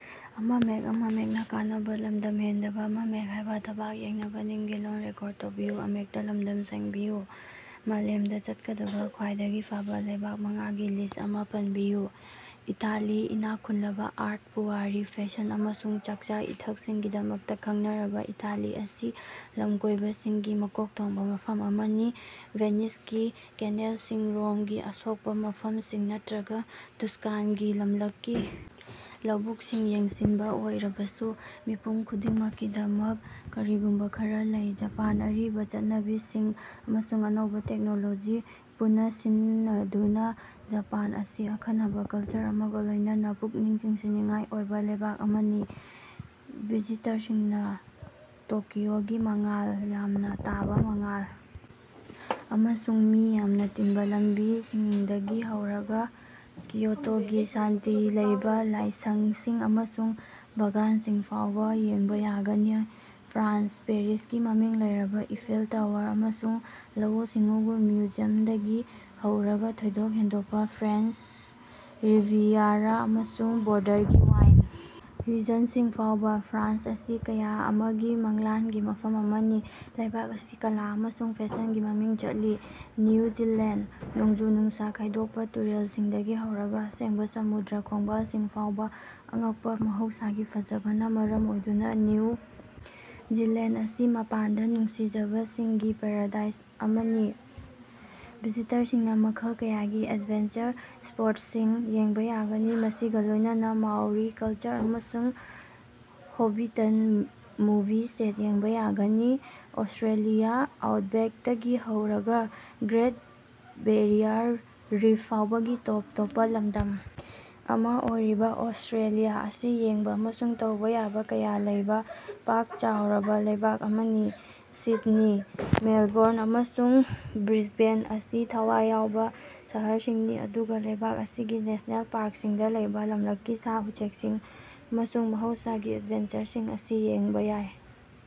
ꯃꯥꯂꯦꯝꯗ ꯆꯠꯀꯗꯕ ꯈ꯭ꯋꯥꯏꯗꯒꯤ ꯐꯕ ꯂꯩꯕꯥꯛ ꯃꯉꯥꯒꯤ ꯂꯤꯁ꯭ꯠ ꯑꯃ ꯄꯟꯕꯤꯌꯨ꯫ ꯏꯇꯥꯂꯤ ꯏꯅꯥꯛ ꯈꯨꯜꯂꯕ ꯑꯥꯔꯠ, ꯄꯨꯋꯥꯔꯤ, ꯐꯦꯁꯟ, ꯑꯃꯁꯨꯡ ꯆꯥꯛꯆꯥ-ꯏꯊꯛꯁꯤꯡꯒꯤꯗꯃꯛꯇ ꯈꯪꯅꯔꯕ ꯏꯇꯥꯂꯤ ꯑꯁꯤ ꯂꯝꯀꯣꯏꯕꯁꯤꯡꯒꯤ ꯃꯀꯣꯛ ꯊꯣꯡꯕ ꯃꯐꯝ ꯑꯃꯅꯤ꯫ ꯚꯦꯅꯤꯁꯀꯤ ꯀꯦꯅꯦꯜꯁꯤꯡ, ꯔꯣꯝꯒꯤ ꯑꯁꯣꯛꯄ ꯃꯐꯝꯁꯤꯡ, ꯅꯠꯇ꯭ꯔꯒ ꯇꯨꯁꯀꯥꯟꯒꯤ ꯂꯝꯂꯛꯀꯤ ꯂꯧꯕꯨꯛꯁꯤꯡ ꯌꯦꯡꯁꯤꯟꯕ ꯑꯣꯏꯔꯕꯁꯨ, ꯃꯤꯄꯨꯝ ꯈꯨꯗꯤꯡꯃꯛꯀꯤꯗꯃꯛ ꯀꯔꯤꯒꯨꯝꯕ ꯈꯔꯥ ꯂꯩ꯫ ꯖꯄꯥꯟ – ꯑꯔꯤꯕ ꯆꯠꯅꯕꯤꯁꯤꯡ ꯑꯃꯁꯨꯡ ꯑꯅꯧꯕ ꯇꯦꯛꯅꯣꯂꯣꯖꯤ ꯄꯨꯅꯁꯤꯟꯅꯗꯨꯅ ꯖꯄꯥꯟ ꯑꯁꯤ ꯑꯈꯟꯅꯕ ꯀꯜꯆꯔ ꯑꯃꯒ ꯂꯣꯏꯅꯅ ꯄꯨꯛꯅꯤꯡ ꯆꯤꯡꯁꯤꯟꯅꯤꯡꯉꯥꯏ ꯑꯣꯏꯕ ꯂꯩꯕꯥꯛ ꯑꯃꯅꯤ꯫ ꯚꯤꯖꯤꯇꯔꯁꯤꯡꯅ ꯇꯣꯀꯤꯑꯣꯒꯤ ꯃꯉꯥꯜ ꯌꯥꯝꯅ ꯇꯥꯕ ꯃꯉꯥꯜ ꯑꯃꯁꯨꯡ ꯃꯤ ꯌꯥꯝꯅ ꯇꯤꯟꯕ ꯂꯝꯕꯤꯁꯤꯡꯗꯒꯤ ꯍꯧꯔꯒ ꯀꯤꯌꯣꯇꯣꯒꯤ ꯁꯥꯟꯇꯤ ꯂꯩꯕ ꯂꯥꯏꯁꯪꯁꯤꯡ ꯑꯃꯁꯨꯡ ꯕꯥꯒꯥꯟꯁꯤꯡ ꯐꯥꯎꯕ ꯌꯦꯡꯕ ꯌꯥꯒꯅꯤ꯫ ꯐ꯭ꯔꯥꯟꯁ – ꯄꯦꯔꯤꯁꯀꯤ ꯃꯃꯤꯡ ꯂꯩꯔꯕ ꯏꯐꯦꯜ ꯇꯋꯥꯔ ꯑꯃꯁꯨꯡ ꯂꯧꯎ-ꯁꯤꯡꯎꯒꯤ ꯃ꯭ꯌꯨꯖꯤꯌꯝꯗꯒꯤ ꯍꯧꯔꯒ ꯊꯣꯏꯗꯣꯛ ꯍꯦꯟꯗꯣꯛꯄ ꯐ꯭ꯔꯦꯟꯆ ꯔꯤꯚꯤꯌꯥꯔꯥ ꯑꯃꯁꯨꯡ ꯕꯣꯔꯗꯔꯒꯤ ꯋꯥꯏꯟ ꯔꯤꯖꯟꯁꯤꯡ ꯐꯥꯎꯕ, ꯐ꯭ꯔꯥꯟꯁ ꯑꯁꯤ ꯀꯌꯥ ꯑꯃꯒꯤ ꯃꯪꯂꯥꯟꯒꯤ ꯃꯐꯝ ꯑꯃꯅꯤ꯫ ꯂꯩꯕꯥꯛ ꯑꯁꯤ ꯀꯂꯥ ꯑꯃꯁꯨꯡ ꯐꯦꯁꯟꯒꯤ ꯃꯃꯤꯡ ꯆꯠꯂꯤ꯫ ꯅ꯭ꯌꯨ ꯖꯤꯂꯦꯟꯗ – ꯅꯣꯡꯖꯨ-ꯅꯨꯡꯁꯥ ꯈꯥꯏꯗꯣꯛꯄ ꯇꯨꯔꯦꯜꯁꯤꯡꯗꯒꯤ ꯍꯧꯔꯒ ꯑꯁꯦꯡꯕ ꯁꯃꯨꯗ꯭ꯔ ꯈꯣꯡꯕꯥꯜꯁꯤꯡ ꯐꯥꯎꯕ ꯑꯉꯛꯄ ꯃꯍꯧꯁꯥꯒꯤ ꯐꯖꯕꯅ ꯃꯔꯝ ꯑꯣꯏꯗꯨꯅ ꯅ꯭ꯌꯨ ꯖꯤꯂꯦꯟꯗ ꯑꯁꯤ ꯃꯄꯥꯟꯗ ꯅꯨꯡꯁꯤꯖꯕꯁꯤꯡꯒꯤ ꯄꯥꯔꯥꯗꯥꯏꯁ ꯑꯃꯅꯤ꯫ ꯚꯤꯖꯤꯇꯔꯁꯤꯡꯅ ꯃꯈꯜ ꯀꯌꯥꯒꯤ ꯑꯦꯗꯚꯦꯟꯆꯔ ꯁ꯭ꯄꯣꯔꯠꯁꯁꯤꯡ ꯌꯦꯡꯕ ꯌꯥꯒꯅꯤ, ꯃꯁꯤꯒ ꯂꯣꯏꯅꯅ ꯃꯥꯎꯔꯤ ꯀꯜꯆꯔ ꯑꯃꯁꯨꯡ ꯍꯣꯕꯤꯇꯟ ꯃꯨꯚꯤ ꯁꯦꯠ ꯌꯦꯡꯕ ꯌꯥꯒꯅꯤ꯫ ꯑꯣꯁꯇ꯭ꯔꯦꯂꯤꯌꯥ ꯑꯥꯎꯠꯕꯦꯛꯇꯒꯤ ꯍꯧꯔꯒ ꯒ꯭ꯔꯦꯠ ꯕꯦꯔꯤꯌꯥꯔ ꯔꯤꯐ ꯐꯥꯎꯕꯒꯤ ꯇꯣꯞ ꯇꯣꯞꯄ ꯂꯝꯗꯝ ꯑꯃ ꯑꯣꯏꯔꯤꯕ ꯑꯣꯁꯇ꯭ꯔꯦꯂꯤꯌꯥ ꯑꯁꯤ ꯌꯦꯡꯕ ꯑꯃꯁꯨꯡ ꯇꯧꯕ ꯌꯥꯕ ꯀꯌꯥ ꯂꯩꯕ ꯄꯥꯛ ꯆꯥꯎꯔꯕ ꯂꯩꯕꯥꯛ ꯑꯃꯅꯤ꯫ ꯁꯤꯗꯅꯤ, ꯃꯦꯜꯕꯣꯔꯟ, ꯑꯃꯁꯨꯡ ꯕ꯭ꯔꯤꯁꯕꯦꯟ ꯑꯁꯤ ꯊꯋꯥꯏ ꯌꯥꯎꯕ ꯁꯍꯔꯁꯤꯡꯅꯤ, ꯑꯗꯨꯒ ꯂꯩꯕꯥꯛ ꯑꯁꯤꯒꯤ ꯅꯦꯁꯅꯦꯜ ꯄꯥꯔꯛꯁꯤꯡꯗ ꯂꯩꯕ ꯂꯝꯂꯛꯀꯤ ꯁꯥ-ꯎꯆꯦꯛꯁꯤꯡ ꯑꯃꯁꯨꯡ ꯃꯍꯧꯁꯥꯒꯤ ꯑꯦꯗꯚꯦꯟꯆꯔꯁꯤꯡ ꯑꯁꯤ ꯌꯦꯡꯕ ꯌꯥꯏ꯫